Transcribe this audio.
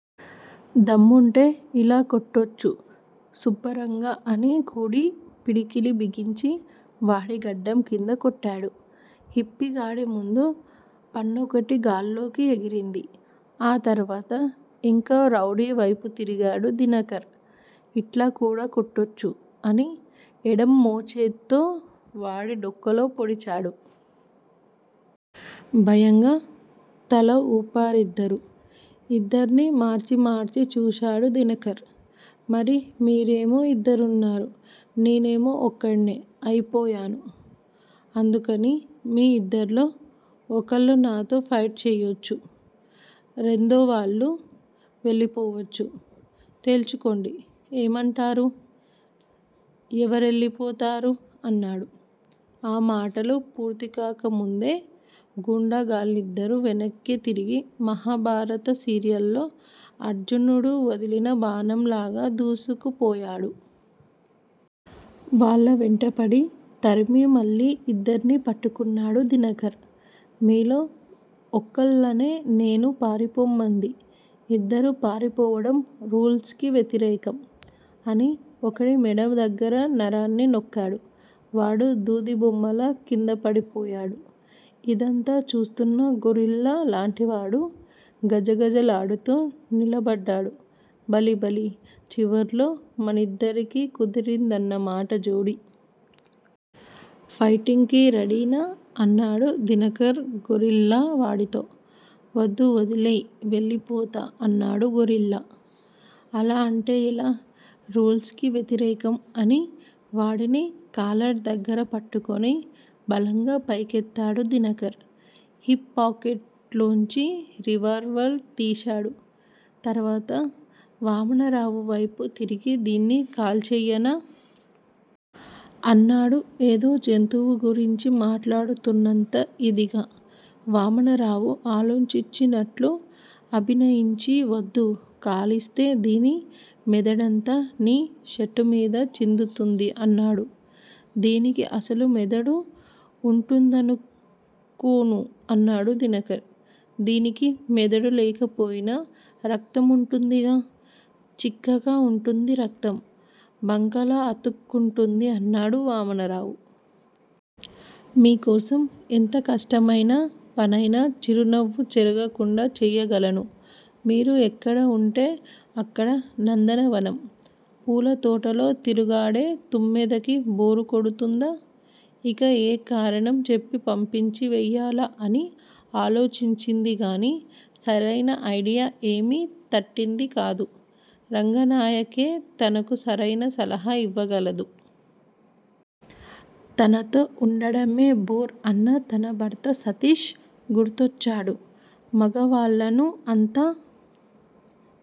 దమ్ముంటే ఇలా కొట్టొచ్చు సుబ్బరంగా అని కుడి పిడికిలి బిగించి వాడి గడ్డం కింద కొట్టాడు. హిప్పీగాడి ముందు పన్నొకటి గాల్లోకి ఎగిరింది. ఆ తర్వాత ఇంకో రౌడీ వైపు తిరిగాడు దినకర్. ఇట్లా కూడా కొట్టొచ్చు! అని ఎడం మోచేత్తో వాడి డొక్కలో పొడిచాడు. భయంగా తల ఊపారిద్దరూ. ఇద్దర్నీ మార్చి మార్చి చూశాడు దినకర్. మరి మీరేమో ఇద్దరున్నారు. నేనేమో ఒక్కడ్నే అయిపోయాను. అందుకని మీ ఇద్దరిలో ఒకళ్ళు నాతో ఫైట్ చేయొచ్చు. రెందోవాళ్ళు వెళ్ళిపోవచ్చు. తేల్చుకోండి! ఎమంటారు? ఎవరెళ్ళిపోతారు? అన్నాడు. ఆ మాటలు పూర్తికాకముందే గూండా గాళ్లిద్దరూ వెనక్కి తిరిగి మహాభారత సీరియల్లో అర్జునుడు వదిలిన బాణంలాగా దూసుకుపోయాడు. వాళ్ళ వెంటపడి తరిమి మళ్ళీ ఇద్దరినీ పట్టుకున్నాడు దినకర్. మీలో ఒక్కళ్ళనే నేను పారిపొమ్మంది. ఇద్దరూ పారిపోవడం రూల్సుకి వ్యతిరేకం. అని ఒకడి మెడ దగ్గర నరాన్ని నొక్కాడు. వాడు దూదిబొమ్మలా కిందపడిపోయాడు. ఇదంతా చూస్తున్న గొరిల్లా లాంటివాడు గజగజలాడుతూ నిలబడ్డాడు. భళి భళీ! చివరిలో మనిద్దరికీ కుదిరిందన్నమాట జోడీ! ఫైటింగ్ కి రెడీనా? అన్నాడు దినకర్ గొరిల్లా వాడితో. వద్దు వదిలెయ్ వెళ్ళిపోతా! అన్నాడు గొరిల్లా. అలా అంటే ఎలా? రూల్స్ కి వ్యతిరేకం! అని వాడిని కాలర్ దగ్గర పట్టుకుని బలంగా పైకెత్తాడు దినకర్. హిప్ పాకెట్ లోంచి రివాల్వర్ తీశాడు. తర్వాత వామనరావు వైపు తిరిగి దీన్ని కాల్చెయ్యనా? అన్నాడు ఏదో జంతువు గురించి మాట్లాడుతున్నంత ఇదిగా. వామనరావు ఆలోచించినట్లు అభినయించి వద్దు! కాలిస్తే దీని మెదడంతా నీ షర్టుమీద చిందుతుంది అన్నాడు. దీనికి అసలు మెదడు ఉంటుందనుకోను అన్నాడు దినకర్. దీనికి మెదడు లేకపోయినా రక్తం వుంటుందిగా! చిక్కగా వుంటుంది రక్తం! బంకలా అతుక్కుంటుంది అన్నాడు వామనరావు. మీకోసం ఎంత కష్టమైన పనయినా చిరునవ్వు చెరగకుండా చేయగలను. మీరు ఎక్కడ వుంటే అక్కడ నందనవనం. పూలతోటలో తిరుగాడే తుమ్మెదకి బోరు కొడుతుందా? ఇక ఏ కారణం చెప్పి పంపించి వేయాలా అని ఆలోచించిందిగానీ సరైన ఐడియా ఏమీ తట్టింది కాదు. రంగనాయకే తనకు సరైన సలహా ఇవ్వగలదు. తనతో వుండడమే బోర్ అన్న తన భర్త సతీష్ గుర్తొచ్చాడు. మగవాళ్ళను అంత